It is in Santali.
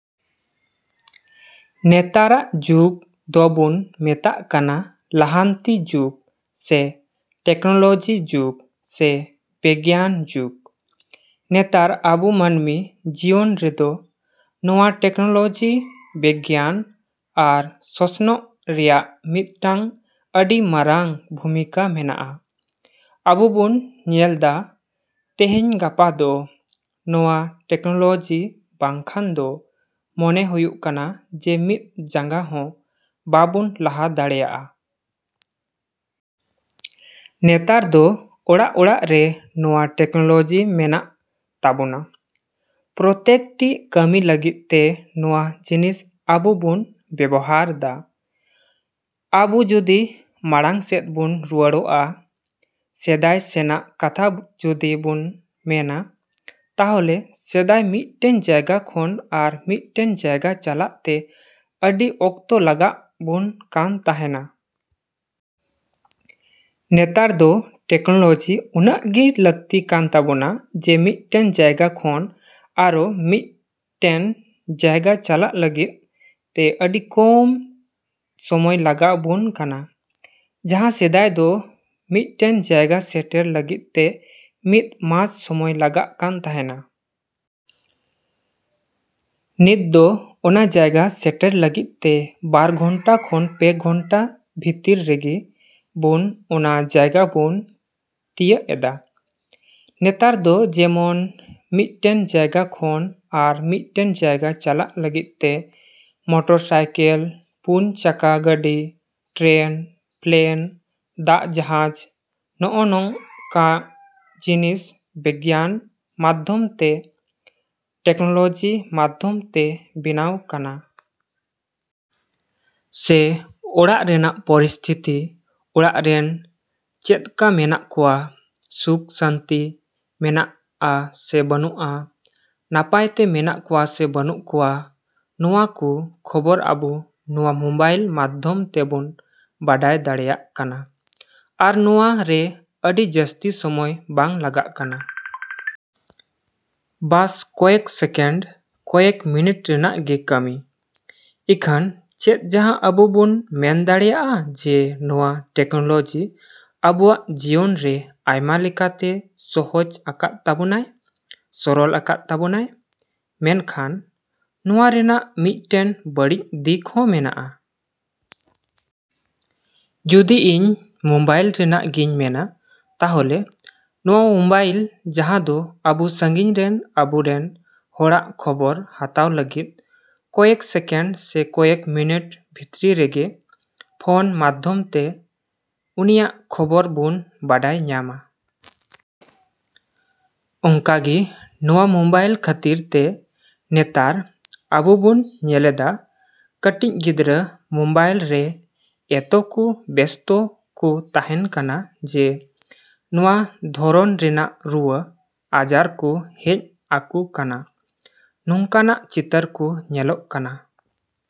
ᱱᱮᱛᱟᱨᱟᱜ ᱡᱩᱜᱽ ᱫᱚᱵᱚᱱ ᱢᱮᱛᱟᱜ ᱠᱟᱱᱟ ᱞᱟᱦᱟᱱᱛᱤ ᱡᱩᱜᱽ ᱥᱮ ᱴᱮᱠᱱᱳᱞᱳᱡᱤ ᱡᱩᱜᱽ ᱥᱮ ᱵᱤᱜᱽᱜᱟᱱ ᱡᱩᱜᱽ᱾ ᱱᱮᱛᱟᱨ ᱟᱵᱚ ᱢᱟᱹᱱᱢᱤ ᱡᱤᱭᱚᱱ ᱨᱮᱫᱚ ᱱᱚᱣᱟ ᱴᱮᱠᱱᱳᱞᱳᱡᱤ, ᱵᱤᱜᱽᱜᱟᱱ ᱟᱨ ᱥᱚᱥᱱᱚᱜ ᱨᱮᱱᱟᱜ ᱢᱤᱫᱴᱟᱝ ᱟᱹᱰᱤ ᱢᱟᱨᱟᱝ ᱵᱷᱩᱢᱤᱠᱟ ᱢᱮᱱᱟᱜᱼᱟ᱾ ᱟᱵᱚ ᱵᱚᱱ ᱧᱮᱞ ᱫᱟ ᱛᱮᱦᱮᱧ ᱜᱟᱯᱟ ᱫᱚ ᱱᱚᱣᱟ ᱴᱮᱠᱱᱳᱞᱳᱡᱤ ᱵᱟᱝᱠᱷᱟᱱ ᱫᱚ ᱢᱚᱱᱮ ᱦᱩᱭᱩᱜ ᱠᱟᱱᱟ ᱡᱮ ᱢᱤᱫ ᱡᱟᱸᱜᱟ ᱦᱚᱸ ᱵᱟᱵᱚᱱ ᱞᱟᱦᱟ ᱫᱟᱲᱮᱭᱟᱜᱼᱟ᱾ ᱱᱮᱛᱟᱨ ᱫᱚ ᱚᱲᱟᱜᱼᱚᱲᱟᱜ ᱨᱮ ᱱᱚᱣᱟ ᱴᱮᱠᱱᱳᱞᱳᱡᱤ ᱢᱮᱱᱟᱜ ᱛᱟᱵᱚᱱᱟ᱾ ᱯᱨᱚᱛᱮᱠᱴᱤ ᱠᱟᱹᱢᱤ ᱞᱟᱹᱜᱤᱫ ᱛᱮ ᱱᱚᱣᱟ ᱡᱤᱱᱤᱥ ᱟᱵᱚ ᱵᱚᱱ ᱵᱮᱵᱚᱦᱟᱨ ᱫᱟ᱾ ᱟᱵᱚ ᱡᱩᱫᱤ ᱢᱟᱲᱟᱝ ᱥᱮᱫ ᱵᱚᱱ ᱨᱩᱣᱟᱹᱲᱚᱜᱼᱟ, ᱥᱮᱫᱟᱭ ᱥᱮᱱᱟᱜ ᱠᱟᱛᱷᱟ ᱡᱩᱫᱤ ᱵᱚᱱ ᱢᱮᱱᱟ ᱛᱟᱦᱚᱞᱮ ᱥᱮᱫᱟᱭ ᱢᱤᱫᱴᱮᱱ ᱡᱟᱭᱜᱟ ᱠᱷᱚᱱ ᱟᱨ ᱢᱤᱫᱴᱮᱱ ᱡᱟᱭᱜᱟ ᱪᱟᱞᱟᱜ ᱛᱮ ᱟᱹᱰᱤ ᱚᱠᱛᱚ ᱞᱟᱜᱟᱣ ᱵᱚᱱ ᱠᱟᱱ ᱛᱟᱦᱮᱸᱱᱟ᱾ ᱱᱮᱛᱟᱨ ᱫᱚ ᱴᱮᱠᱱᱳᱞᱳᱡᱤ ᱱᱩᱱᱟᱹᱜ ᱜᱮ ᱞᱟᱹᱠᱛᱤ ᱠᱟᱱ ᱛᱟᱵᱚᱱᱟ, ᱡᱮ ᱢᱤᱫᱴᱮᱱ ᱡᱟᱭᱜᱟ ᱠᱷᱚᱱ ᱟᱨᱚ ᱢᱤᱫᱴᱮᱱ ᱡᱟᱭᱜᱟ ᱪᱟᱞᱟᱜ ᱞᱟᱹᱜᱤᱫ ᱛᱮ ᱟᱹᱰᱤ ᱠᱚᱢ ᱥᱚᱢᱚᱭ ᱞᱟᱜᱟᱣ ᱵᱚᱱ ᱠᱟᱱᱟ᱾ ᱡᱟᱦᱟᱸ ᱥᱮᱫᱟᱭ ᱫᱚ ᱢᱤᱫᱴᱮᱱ ᱡᱟᱭᱜᱟ ᱥᱮᱴᱮᱨ ᱞᱟᱹᱜᱤᱫ ᱛᱮ ᱢᱤᱫ ᱢᱟᱥ ᱥᱚᱢᱚᱭ ᱞᱟᱜᱟᱜ ᱠᱟᱱ ᱛᱟᱦᱮᱱᱟ᱾ ᱱᱤᱛ ᱫᱚ ᱚᱱᱟ ᱡᱟᱭᱜᱟ ᱥᱮᱴᱮᱨ ᱞᱟᱹᱜᱤᱫ ᱛᱮ ᱵᱟᱨ ᱜᱷᱚᱱᱴᱟ ᱠᱷᱚᱱ ᱯᱮ ᱜᱷᱚᱱᱴᱟ ᱵᱷᱤᱛᱤᱨ ᱨᱮᱜᱮ ᱵᱚᱱ ᱚᱱᱟ ᱡᱟᱭᱜᱟ ᱵᱚᱱ ᱛᱤᱭᱟᱹᱜ ᱮᱫᱟ᱾ ᱱᱮᱛᱟᱨ ᱫᱚ ᱡᱮᱢᱚᱱ ᱢᱤᱫᱴᱮᱱ ᱡᱟᱭᱜᱟ ᱠᱷᱚᱱ ᱟᱨ ᱢᱤᱫᱴᱮᱱ ᱡᱟᱭᱜᱟ ᱪᱟᱞᱟᱜ ᱞᱟᱹᱜᱤᱫ ᱛᱮ ᱢᱚᱴᱚᱨ ᱥᱟᱭᱠᱮᱞ, ᱯᱩᱱ ᱪᱟᱠᱟ ᱜᱟᱹᱰᱤ, ᱴᱨᱮᱱ, ᱯᱞᱮᱱ, ᱫᱟᱜ ᱡᱟᱦᱟᱡᱽ ᱱᱚᱜᱼᱚ ᱱᱚᱝ ᱠᱟᱱᱟᱜ ᱡᱤᱱᱤᱥ ᱵᱤᱜᱽᱜᱟᱱ ᱢᱟᱫᱽᱫᱷᱚᱢ ᱛᱮ, ᱴᱮᱠᱱᱳᱞᱳᱡᱤ ᱢᱟᱫᱽᱫᱷᱚᱢ ᱛᱮ ᱵᱮᱱᱟᱣ ᱠᱟᱱᱟ᱾ ᱥᱮ ᱚᱲᱟᱜ ᱨᱮᱱᱟᱜ ᱯᱚᱨᱤᱥᱛᱷᱤᱛᱤ, ᱚᱲᱟᱜ ᱨᱮᱱ ᱪᱮᱫᱠᱟ ᱢᱮᱱᱟᱜ ᱠᱚᱣᱟ, ᱥᱩᱠᱼᱥᱟᱹᱱᱛᱤ ᱢᱮᱱᱟᱜᱼᱟ ᱥᱮ ᱵᱟᱹᱱᱩᱜᱼᱟ, ᱱᱟᱯᱟᱭ ᱛᱮ ᱢᱮᱱᱟᱜ ᱠᱚᱣᱟ ᱥᱮ ᱵᱟᱹᱱᱩᱜ ᱠᱚᱣᱟ ᱱᱚᱣᱟ ᱠᱚ, ᱠᱷᱚᱵᱚᱨ ᱟᱵᱚ ᱱᱚᱣᱟ ᱢᱳᱵᱟᱭᱤᱞ ᱢᱟᱫᱽᱫᱷᱚᱢ ᱛᱮᱵᱚᱱ ᱵᱟᱰᱟᱭ ᱫᱟᱲᱮᱭᱟᱜ ᱠᱟᱱᱟ᱾ ᱟᱨ ᱱᱚᱣᱟ ᱨᱮ ᱟᱹᱰᱤ ᱡᱟᱹᱥᱛᱤ ᱥᱚᱢᱚᱭ ᱵᱟᱝ ᱞᱟᱜᱟᱜᱼᱠᱟᱱᱟ᱾ ᱵᱟᱥ ᱠᱚᱭᱮᱠ ᱥᱮᱠᱮᱱᱰ, ᱠᱚᱭᱮᱠ ᱢᱤᱱᱤᱴ ᱨᱮᱱᱟᱜ ᱜᱮ ᱠᱟᱹᱢᱤ᱾ ᱤᱠᱷᱟᱹᱱ ᱪᱮᱫ ᱡᱟᱦᱟᱸ ᱟᱵᱚ ᱵᱚᱱ ᱢᱮᱱ ᱫᱟᱲᱮᱭᱟᱜᱼᱟ ᱡᱮ ᱱᱚᱣᱟ ᱴᱮᱠᱱᱳᱞᱳᱡᱤ ᱟᱵᱚᱣᱟᱜ ᱡᱤᱭᱚᱱ ᱨᱮ ᱟᱭᱢᱟ ᱞᱮᱠᱟᱛᱮ ᱥᱚᱦᱚᱡᱽ ᱟᱠᱟᱫ ᱛᱟᱵᱚᱱᱟᱭ, ᱥᱚᱨᱚᱞ ᱟᱠᱟᱫ ᱛᱟᱵᱚᱱᱟᱭ᱾ ᱢᱮᱱᱠᱷᱟᱱ ᱱᱚᱣᱟ ᱨᱮᱱᱟᱜ ᱢᱤᱫᱴᱮᱱ ᱵᱟᱹᱲᱤᱡ ᱫᱤᱠ ᱦᱚᱸ ᱢᱮᱱᱟᱜᱼᱟ᱾ ᱡᱩᱫᱤ ᱤᱧ ᱢᱳᱵᱟᱭᱤᱞ ᱨᱮᱱᱟᱜ ᱜᱤᱧ ᱢᱮᱱᱟ ᱛᱟᱦᱚᱞᱮ ᱱᱚᱣᱟ ᱢᱳᱵᱟᱭᱤᱞ ᱡᱟᱦᱟᱸ ᱫᱚ ᱟᱵᱚ ᱥᱟᱺᱜᱤᱧ ᱨᱮᱱ ᱟᱵᱚ ᱨᱮᱱ ᱦᱚᱲᱟᱜ ᱠᱷᱚᱵᱚᱨ ᱦᱟᱛᱟᱣ ᱞᱟᱹᱜᱤᱫ ᱠᱚᱭᱮᱠ ᱥᱮᱠᱮᱱᱰ ᱥᱮ ᱠᱚᱭᱮᱠ ᱢᱤᱱᱤᱴ ᱵᱷᱤᱛᱨᱤ ᱨᱮᱜᱮ ᱯᱷᱳᱱ ᱢᱟᱫᱽᱫᱷᱚᱢ ᱛᱮ ᱩᱱᱤᱭᱟᱜ ᱠᱷᱚᱵᱚᱨ ᱵᱚᱱ ᱵᱟᱰᱟᱭ ᱧᱟᱢᱟ᱾ ᱚᱱᱠᱟᱜᱮ ᱱᱚᱣᱟ ᱢᱳᱵᱟᱭᱤᱞ ᱠᱷᱟᱹᱛᱤᱨ ᱛᱮ ᱱᱮᱛᱟᱨ, ᱟᱵᱚ ᱵᱚᱱ ᱧᱮᱞᱮᱫᱟ ᱠᱟᱹᱴᱤᱡ ᱜᱤᱫᱽᱨᱟᱹ ᱢᱳᱵᱟᱭᱤᱞ ᱨᱮ ᱮᱛᱚ ᱠᱚ ᱵᱮᱥᱛᱚ ᱠᱚ ᱛᱟᱦᱮᱸᱱ ᱠᱟᱱᱟ ᱡᱮ, ᱱᱚᱣᱟ ᱫᱷᱚᱨᱚᱱ ᱨᱮᱱᱟᱜ ᱨᱩᱣᱟᱹ, ᱟᱡᱟᱨ ᱠᱚ ᱦᱮᱡ ᱟᱠᱚ ᱠᱟᱱᱟ᱾ ᱱᱚᱝᱠᱟᱱᱟᱜ ᱪᱤᱛᱟᱹᱨ ᱠᱚ ᱧᱮᱞᱚᱜ ᱠᱟᱱᱟ᱾